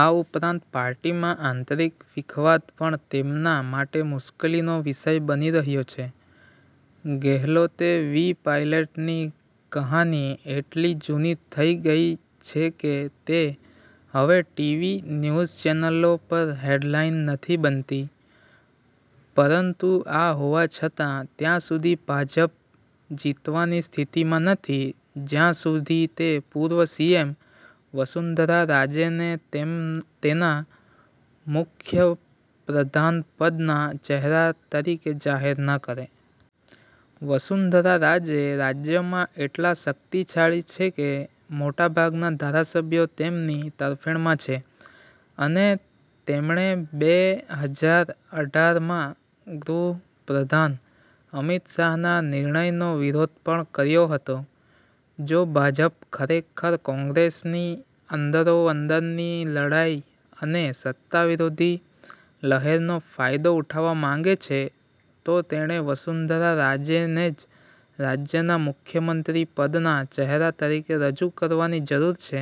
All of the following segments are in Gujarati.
આ ઉપરાંત પાર્ટીમાં આંતરિક વિખવાદ પણ તેમના માટે મુશ્કેલીનો વિષય બની રહ્યો છે. ગેહલોત વિ પાયલટની કહાની એટલી જૂની થઈ ગઈ છે કે તે હવે ટીવી ન્યૂઝ ચેનલો પર હેડલાઈન્સ નથી બનાવતી. પરંતુ આ હોવા છતાં, ત્યાં સુધી ભાજપ જીતવાની સ્થિતિમાં નથી, જ્યાં સુધી તે પૂર્વ સીએમ વસુંધરા રાજેને તેના મુખ્ય પ્રધાનપદના ચહેરા તરીકે જાહેર ન કરે. વસુંધરા રાજે રાજ્યમાં એટલા શક્તિશાળી છે કે, મોટાભાગના ધારાસભ્યો તેમની તરફેણમાં છે અને તેમણે બેહજાર અઢારમાં ગૃહ પ્રધાન અમિત શાહના નિર્ણયનો વિરોધ પણ કર્યો હતો. જો ભાજપ ખરેખર કોંગ્રેસની અંદરોઅંદરની લડાઈ અને સત્તા વિરોધી લહેરનો ફાયદો ઉઠાવવા માંગે છે, તો તેણે વસુંધરા રાજેને જ રાજ્યના મુખ્યમંત્રીપદના ચહેરા તરીકે રજૂ કરવાની જરૂર છે,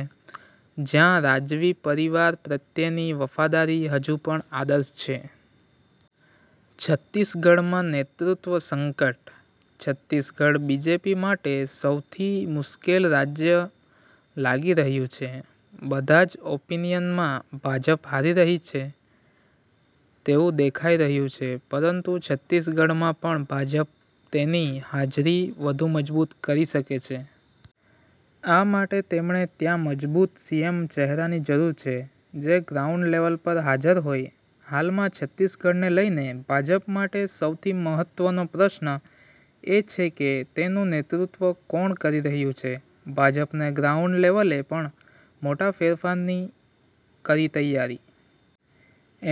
જ્યાં રાજવી પરિવાર પ્રત્યેની વફાદારી હજુ પણ આદર્શ છે. છત્તીસગઢમાં નેતૃત્વ સંકટ, છત્તીસગઢ બીજેપી માટે સૌથી મુશ્કેલ રાજ્ય લાગી રહ્યું છે. બધા જ ઓપિનિયનમાં ભાજપ હારી રહી હોય તેવું દેખાઈ રહ્યું છે પરંતુ, છત્તીસગઢમાં પણ ભાજપ તેની હાજરી વધુ મજબૂત કરી શકે છે. આ માટે તેમણે ત્યાં મજબૂત સીએમ ચહેરાની જરૂર છે, જે ગ્રાઉન્ડ લેવલ પર હાજર હોય. હાલમાં, છત્તીસગઢને લઈને ભાજપ માટે સૌથી મહત્વનો પ્રશ્ન એ છે કે, તેનું નેતૃત્વ કોણ કરી રહ્યું છે? ભાજપે ગ્રાઉન્ડ લેવલે પણ મોટા ફેરફારોની કરી તૈયારી!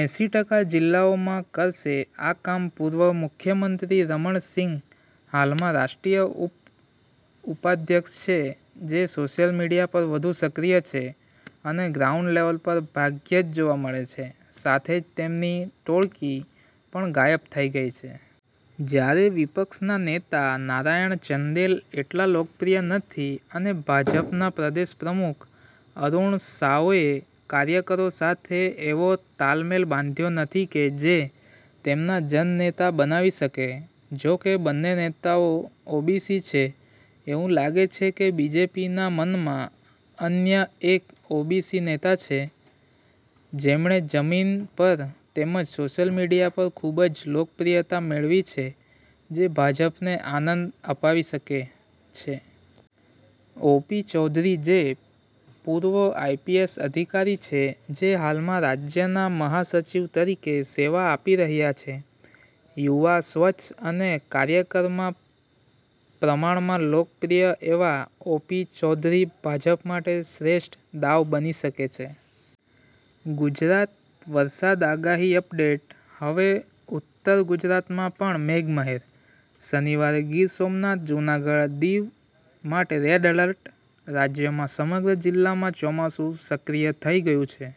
એંસી ટકા જિલ્લાઓમાં કરશે આ કામ પૂર્વ મુખ્યમંત્રી રમણ સિંહ હાલમાં રાષ્ટ્રીય ઉપાધ્યક્ષ છે, જે સોશિયલ મીડિયા પર વધુ સક્રિય છે અને ગ્રાઉન્ડ લેવલ પર ભાગ્યે જ જોવા મળે છે. સાથે જ તેમની ટોળકી પણ ગાયબ થઈ ગઈ છે. જ્યારે વિપક્ષના નેતા નારાયણ ચંદેલ એટલા લોકપ્રિય નથી અને ભાજપના પ્રદેશ પ્રમુખ અરુણ સાઓએ કાર્યકરો સાથે એવો તાલમેલ બાંધ્યો નથી કે, જે તેમને જન નેતા બનાવી શકે. જોકે બંને નેતાઓ ઓબીસી છે. એવું લાગે છે કે, બીજેપીના મનમાં અન્ય એક ઓબીસી નેતા છે, જેમણે જમીન પર તેમજ સોશિયલ મીડિયા પર ખૂબ જ લોકપ્રિયતા મેળવી છે, જે ભાજપને આનંદ અપાવી શકે છે. ઓપી ચૌધરી જે પૂર્વ આઈપીએસ અધિકારી છે, જે હાલમાં રાજ્યના મહાસચિવ તરીકે સેવા આપી રહ્યા છે. યુવા, સ્વચ્છ અને કાર્યકરોમાં પ્રમાણમાં લોકપ્રિય એવા ઓ. પી. ચૌધરી ભાજપ માટે શ્રેષ્ઠ દાવ બની શકે છે. ગુજરાત વરસાદ આગાહી અપડેટ: હવે ઉત્તર ગુજરાતમાં પણ મેઘમહેર! શનિવારે ગીર સોમનાથ, જૂનાગઢ, દીવ માટે રેડ એલર્ટ. રાજ્યમાં સમગ્ર જિલ્લામાં ચોમાસુ સક્રિય થઈ ગયું છે.